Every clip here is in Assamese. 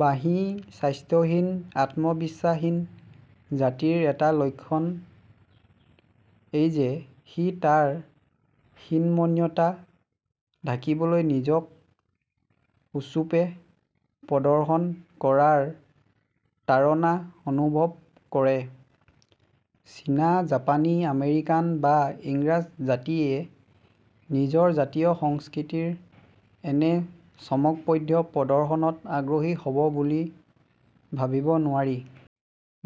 বাহী স্বাস্থ্যহীন আত্মবিশ্বাসহীন জাতিৰ এটা লক্ষণ এই যে সি তাৰ হীনমন্যতা ঢাকিবলৈ নিজক উচ্চূপে প্ৰদৰ্শন কৰাৰ তাড়না অনুভৱ কৰে। চীনা জাপানী আমেৰিকান বা ইংৰাজ জাতিয়ে নিজৰ জাতীয় সংস্কৃতিৰ এনে চমকপ্ৰদ প্ৰদৰ্শনত আগ্ৰহী হ'ব বুলি ভাবিব নোৱাৰি।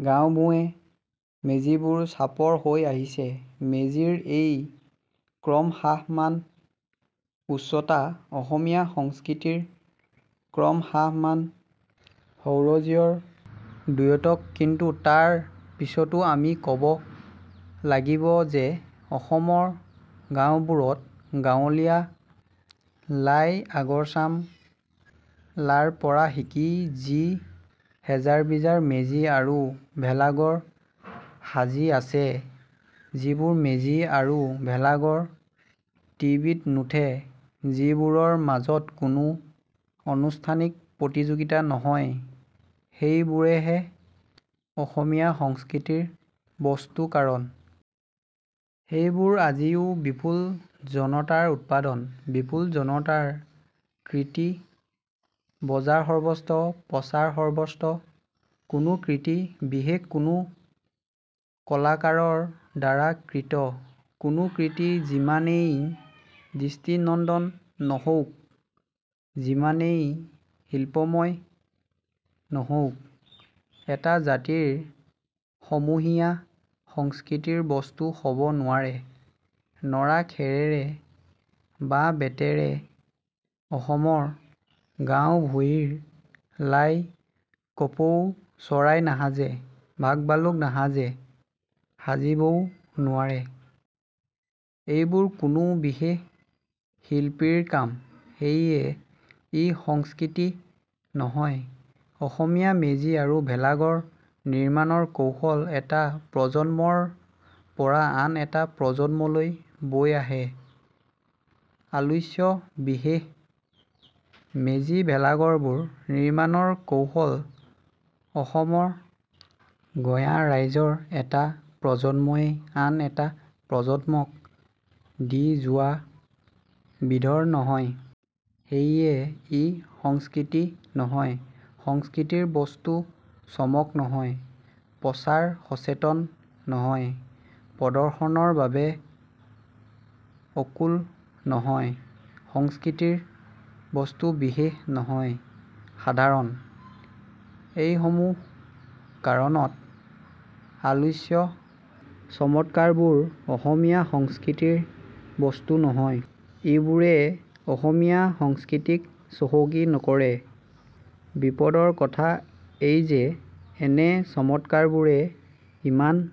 গাঁৱেভূঁয়ে মেজিবোৰ চাপৰ হৈ আহিছে। মেজিৰ এই ক্ৰম হ্ৰাসমান উচ্চতা অসমীয়া সংস্কৃতিৰ ক্ৰমহ্ৰাসমান শৌৰ্য্যৰ দ্যোতক কিন্তু তাৰ পিছতো আমি কব লাগিব যে অসমৰ গাঁওবোৰত গাঁৱলীয়া লাই আগৰচাম লাৰ পৰা শিকি যি হেজাৰবিজাৰ মেজি আৰু ভেলাঘৰ সাজি আছে যিবোৰ মেজি আৰু ভেলাঘৰ টিভিত নুঠে, যিবোৰৰ মাজত কোনো আনুষ্ঠানিক প্ৰতিযোগিতা নহয় সেইবোৰহে অসমীয়া সংস্কৃতিৰ বস্তুকাৰণ । সেইবোৰ আজিও বিপুল জনতাৰ উৎপাদন, বিপুল জনতাৰ কৃতি বজাৰসৰ্বস্ব প্ৰচাৰসৰ্বস্ব। কোনো কৃতি বিশেষ কোনো কলাকাৰৰ দ্বাৰা কৃত ।কোনো কৃতি যিমানেই দৃষ্টিনন্দন নহওক যিমানেই শিল্পময় নহওক এটা জাতিৰ সমূহীয়া সংস্কৃতিৰ বস্তু হব নোৱাৰে। নৰাখেৰেৰে বাঁহবেতেৰে অসমৰ গাওঁভূঁইৰ লাই কপৌ চৰাই নাসাজে, বাঘভালুক নাসাজে ,সাজিব ও নোৱাৰে। এইবোৰ কোনো বিশেষ শিল্পীৰ কাম। সেয়ে ই সংস্কৃতি নহয়, অসমীয়া মেজি আৰু ভেলাঘৰ নিৰ্মাণৰ কৌশল এটা প্ৰজন্মৰ পৰা আন এটা প্ৰজন্মলৈ বৈ আহে। আলোচ্য বিশেষ, মেজি ভেলাঘৰবোৰ নিৰ্মাণৰ কৌশল অসমৰ গঞা ৰাইজৰ এটা প্ৰজন্মই আন এটা প্ৰজন্মক দি যোৱা বিধৰ নহয়। সেয়ে ই সংস্কৃতি নহয়। সংস্কৃতিৰ বস্তু চমক নহয়, প্ৰচাৰ সচেতন নহয় ,প্ৰদৰ্শনৰ বাবে আকুল নহয়, সংস্কৃতিৰ বস্তু বিশেষ নহয়, সাধাৰণ। এই সমূহ কাৰণত আলোচ্য চমৎকাৰবোৰ অসমীয়া সংস্কৃতিৰ বস্তু নহয়, ইবোৰে অসমীয়া সংস্কৃতিক চহকী নকৰে। বিপদৰ কথা এই যে এনে চমৎকাৰবোৰে ইমান